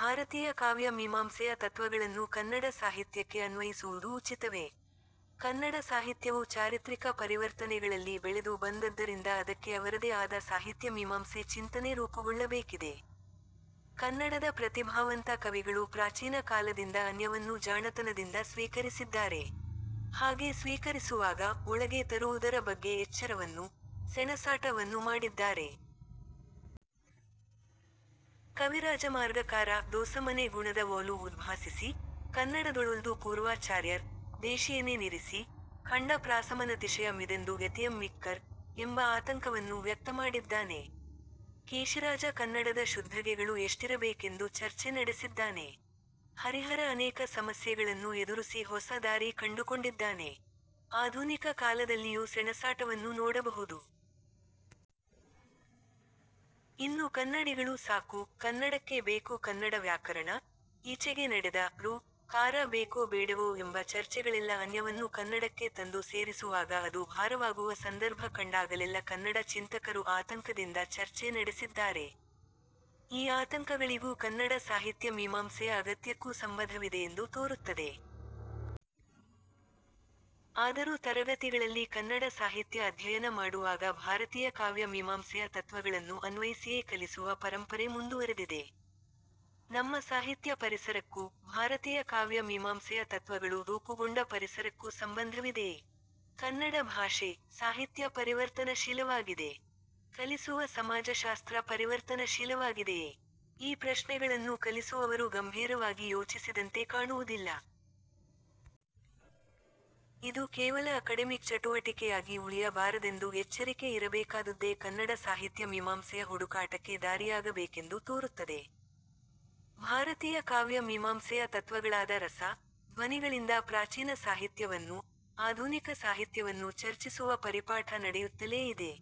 ಭಾರತೀಯ ಕಾವ್ಯ ಮೀಮಾಂಸೆಯ ತತ್ವಗಳನ್ನು ಕನ್ನಡ ಸಾಹಿತ್ಯಕ್ಕೆ ಅನ್ವಯಿಸುವುದು ಉಚಿತವೇ? ಕನ್ನಡ ಸಾಹಿತ್ಯವು ಚಾರಿತ್ರಿಕ ಪರಿವರ್ತನೆಗಳಲ್ಲಿ ಬೆಳೆದು ಬಂದದ್ದರಿಂದ ಅದಕ್ಕೆ ಅವರದೇ ಆದ ಸಾಹಿತ್ಯ ಮೀಮಾಂಸೆ ಚಿಂತನೆ ರೂಪುಗೊಳ್ಳಬೇಕಿದೆ. ಕನ್ನಡದ ಪ್ರತಿಭಾವಂತ ಕವಿಗಳು ಪ್ರಾಚೀನ ಕಾಲದಿಂದ ಅನ್ಯವನ್ನು ಜಾಣತನದಿಂದ ಸ್ವೀಕರಿಸಿದ್ದಾರೆ. ಹಾಗೆ ಸ್ವೀಕರಿಸುವಾಗ, ಒಳಗೆ ತರುವುದರ ಬಗ್ಗೆ ಎಚ್ಚರವನ್ನು, ಸೆಣಸಾಟ ವನ್ನು ಮಾಡಿದ್ದಾರೆ. ಕವಿರಾಜಮಾರ್ಗಕಾರ 'ದೋಸಮನೆ ಗುಣದ ವೊಲು ಉದ್ಭಾಸಿಸಿ, ಕನ್ನಡದೊಳೊಲ್ದು ಪೂರ್ವಾಚಾರ್ಯರ್, ದೇಶಿಯೆನೆ ನಿರಿಸಿ, ಖಂಡ ಪ್ರಾಸಮನತಿಶಯ ಮಿದೆಂದು ಯತಿಯಂ ಮಿಕ್ಕರ್' ಎಂಬ ಆತಂಕವನ್ನು ವ್ಯಕ್ತಮಾಡಿದ್ದಾನೆ. ಕೇಶಿರಾಜ ಕನ್ನಡದ ಶುದ್ಧಗೆಗಳು ಎಷ್ಟಿರಬೇಕೆಂದು ಚರ್ಚೆ ನಡೆಸಿದ್ದಾನೆ. ಹರಿಹರ ಅನೇಕ ಸಮಸ್ಯೆಗಳನ್ನು ಎದುರುಸಿ ಹೊಸ ದಾರಿ ಕಂಡುಕೊಂಡಿದ್ದಾನೆ. ಆಧುನಿಕ ಕಾಲದಲ್ಲಿಯೂ ಸೆಣಸಾಟವನ್ನು ನೋಡಬಹುದು. ಇನ್ನು ಕನ್ನಡಿಗಳು ಸಾಕು, ಕನ್ನಡಕ್ಕೆ ಬೇಕು ಕನ್ನಡ ವ್ಯಾಕರಣ, ಈಚೆಗೆ ನಡೆದ 'ಋ' ಕಾರ ಬೇಕೋ ಬೇಡವೋ ಎಂಬ ಚರ್ಚೆಗಳೆಲ್ಲ ಅನ್ಯವನ್ನು ಕನ್ನಡಕ್ಕೆ ತಂದು ಸೇರಿಸುವಾಗ ಅದು ಭಾರವಾಗುವ ಸಂದರ್ಭ ಕಂಡಾಗಲೆಲ್ಲ ಕನ್ನಡ ಚಿಂತಕರು ಆತಂಕದಿಂದ ಚರ್ಚೆ ನಡೆಸಿದ್ದಾರೆ. ಈ ಆತಂಕಗಳಿಗೂ ಕನ್ನಡ ಸಾಹಿತ್ಯ ಮೀಮಾಂಸೆಯ ಅಗತ್ಯಕ್ಕೂ ಸಂಬಧವಿದೆಯೆಂದು ತೋರುತ್ತದೆ. ಆದರೂ ತರಗತಿಗಳಲ್ಲಿ ಕನ್ನಡ ಸಾಹಿತ್ಯ ಅಧ್ಯಯನ ಮಾಡುವಾಗ ಭಾರತೀಯ ಕಾವ್ಯ ಮೀಮಾಂಸೆಯ ತತ್ವಗಳನ್ನು ಅನ್ವಯಿಸಿಯೇ ಕಲಿಸುವ ಪರಂಪರೆ ಮುಂದುವರೆದಿದೆ. ನಮ್ಮ ಸಾಹಿತ್ಯ ಪರಿಸರಕ್ಕೂ, ಭಾರತೀಯ ಕಾವ್ಯ ಮೀಮಾಂಸೆಯ ತತ್ವಗಳು ರೂಪುಗೊಂಡ ಪರಿಸರಕ್ಕೂ ಸಂಬಂಧವಿದೆಯೇ? ಕನ್ನಡ ಭಾಷೆ, ಸಾಹಿತ್ಯ ಪರಿವರ್ತನಶೀಲವಾಗಿದೆ. ಕಲಿಸುವ ಸಮಾಜಶಾಸ್ತ್ರ ಪರಿವರ್ತನಶೀಲವಾಗಿದೆಯೇ? ಈ ಪ್ರಶ್ನೆಗಳನ್ನು ಕಲಿಸುವವರು ಗಂಭೀರವಾಗಿ ಯೋಚಿಸಿದಂತೆ ಕಾಣುವುದಿಲ್ಲ. ಇದು ಕೇವಲ ಅಕಡೆಮಿಕ್ ಚಟುವಟಿಕೆಯಾಗಿ ಉಳಿಯ ಬಾರದೆಂದು ಎಚ್ಚರಿಕೆ ಇರಬೇಕಾದುದ್ದೇ ಕನ್ನಡ ಸಾಹಿತ್ಯ ಮೀಮಾಂಸೆಯ ಹುಡುಕಾಟಕ್ಕೆ ದಾರಿಯಾಗಬೇಕೆಂದು ತೋರುತ್ತದೆ. ಭಾರತೀಯ ಕಾವ್ಯ ಮೀಮಾಂಸೆಯ ತತ್ವಗಳಾದ ರಸ, ಧ್ವನಿಗಳಿಂದ ಪ್ರಾಚೀನ ಸಾಹಿತ್ಯ ವನ್ನು, ಆಧುನಿಕ ಸಾಹಿತ್ಯವನ್ನು ಚರ್ಚಿಸುವ ಪರಿಪಾಠ ನಡೆಯುತ್ತಲೇ ಇದೆ.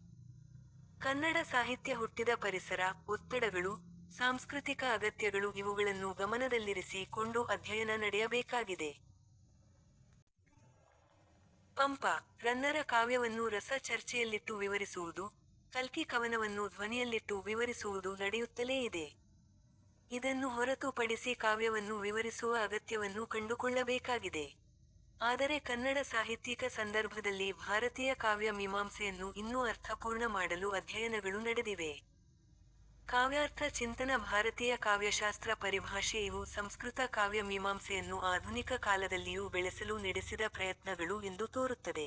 ಕನ್ನಡ ಸಾಹಿತ್ಯ ಹುಟ್ಟಿದ ಪರಿಸರ, ಒತ್ತಡಗಳು, ಸಾಂಸ್ಕೃತಿಕ ಅಗತ್ಯಗಳು ಇವುಗಳನ್ನು ಗಮನದಲ್ಲಿರಿಸಿ ಕೊಂಡು ಅಧ್ಯಯನ ನಡೆಯಬೇಕಾಗಿದೆ. ಪಂಪ, ರನ್ನರ ಕಾವ್ಯವನ್ನು ರಸ ಚರ್ಚೆಯಲ್ಲಿಟ್ಟು ವಿವರಿಸುವುದು, ಕಲ್ಕಿ ಕವನವನ್ನು ಧ್ವನಿಯಲ್ಲಿಟ್ಟು ವಿವರಿಸುವುದು ನಡೆಯುತ್ತಲೇ ಇದೆ. ಇದನ್ನು ಹೊರತು ಪಡಿಸಿ ಕಾವ್ಯವನ್ನು ವಿವರಿಸುವ ಅಗತ್ಯವನ್ನು ಕಂಡುಕೊಳ್ಳಬೇಕಾಗಿದೆ. ಆದರೆ ಕನ್ನಡ ಸಾಹಿತ್ಯಿಕ ಸಂದರ್ಭದಲ್ಲಿ ಭಾರತೀಯ ಕಾವ್ಯ ಮೀಮಾಂಸೆಯನ್ನು ಇನ್ನೂ ಅರ್ಥಪೂರ್ಣ ಮಾಡಲು ಅಧ್ಯಯನಗಳು ನಡೆದಿವೆ. ಕಾವ್ಯಾರ್ಥ ಚಿಂತನ ಭಾರತೀಯ ಕಾವ್ಯಶಾಸ್ತ್ರ ಪರಿಭಾಷೆ ಇವು ಸಂಸ್ಕೃತ ಕಾವ್ಯ ಮೀಮಾಂಸೆಯನ್ನು ಆಧುನಿಕ ಕಾಲದಲ್ಲಿಯೂ ಬೆಳೆಸಲು ನೆಡೆಸಿದ ಪ್ರಯತ್ನ ಗಳು ಎಂದು ತೋರುತ್ತದೆ.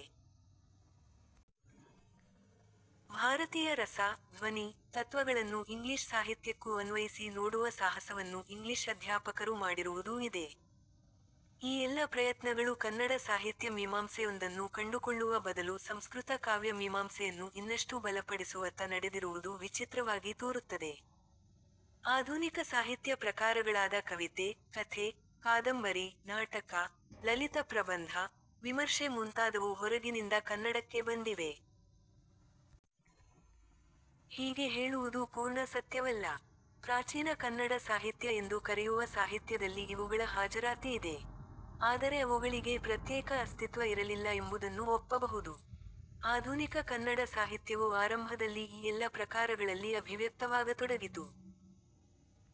ಭಾರತೀಯ ರಸ, ಧ್ವನಿ, ತತ್ವಗಳನ್ನು ಇಂಗ್ಲಿಶ್ ಸಾಹಿತ್ಯಕ್ಕೂ ಅನ್ವಯಿಸಿ ನೋಡುವ ಸಾಹಸವನ್ನು ಇಂಗ್ಲಿಶ್ ಅಧ್ಯಾಪಕರು ಮಾಡಿರುವುದೂ ಇದೆ. ಈ ಎಲ್ಲ ಪ್ರಯತ್ನಗಳು ಕನ್ನಡ ಸಾಹಿತ್ಯ ಮೀಮಾಂಸೆಯೊಂದನ್ನು ಕಂಡುಕೊಳ್ಳುವ ಬದಲು ಸಂಸ್ಕೃತ ಕಾವ್ಯ ಮೀಮಾಂಸೆಯನ್ನು ಇನ್ನಷ್ಟು ಬಲಪಡಿಸುವತ್ತ ನಡೆದಿರುವುದು ವಿಚಿತ್ರವಾಗಿ ತೋರುತ್ತದೆ. ಆಧುನಿಕ ಸಾಹಿತ್ಯ ಪ್ರಕಾರಗಳಾದ ಕವಿತೆ, ಕಥೆ, ಕಾದಂಬರಿ, ನಾಟಕ, ಲಲಿತಪ್ರಬಂಧ, ವಿಮರ್ಶೆ ಮುಂತಾದವು ಹೊರಗಿನಿಂದ ಕನ್ನಡಕ್ಕೆ ಬಂದಿವೆ. ಹೀಗೆ ಹೇಳುವುದು ಪೂರ್ಣ ಸತ್ಯವಲ್ಲ. ಪ್ರಾಚೀನ ಕನ್ನಡ ಸಾಹಿತ್ಯ ಎಂದು ಕರೆಯುವ ಸಾಹಿತ್ಯದಲ್ಲಿ ಇವುಗಳ ಹಾಜರಾತಿ ಇದೆ. ಆದರೆ ಅವುಗಳಿಗೆ ಪ್ರತ್ಯೇಕ ಅಸ್ತಿತ್ವ ಇರಲಿಲ್ಲ ಎಂಬುದನ್ನು ಒಪ್ಪಬಹುದು. ಆಧುನಿಕ ಕನ್ನಡ ಸಾಹಿತ್ಯವು ಆರಂಭದಲ್ಲಿ ಈ ಎಲ್ಲ ಪ್ರಕಾರಗಳಲ್ಲಿ ಅಭಿವ್ಯಕ್ತವಾಗತೊಡಗಿತು.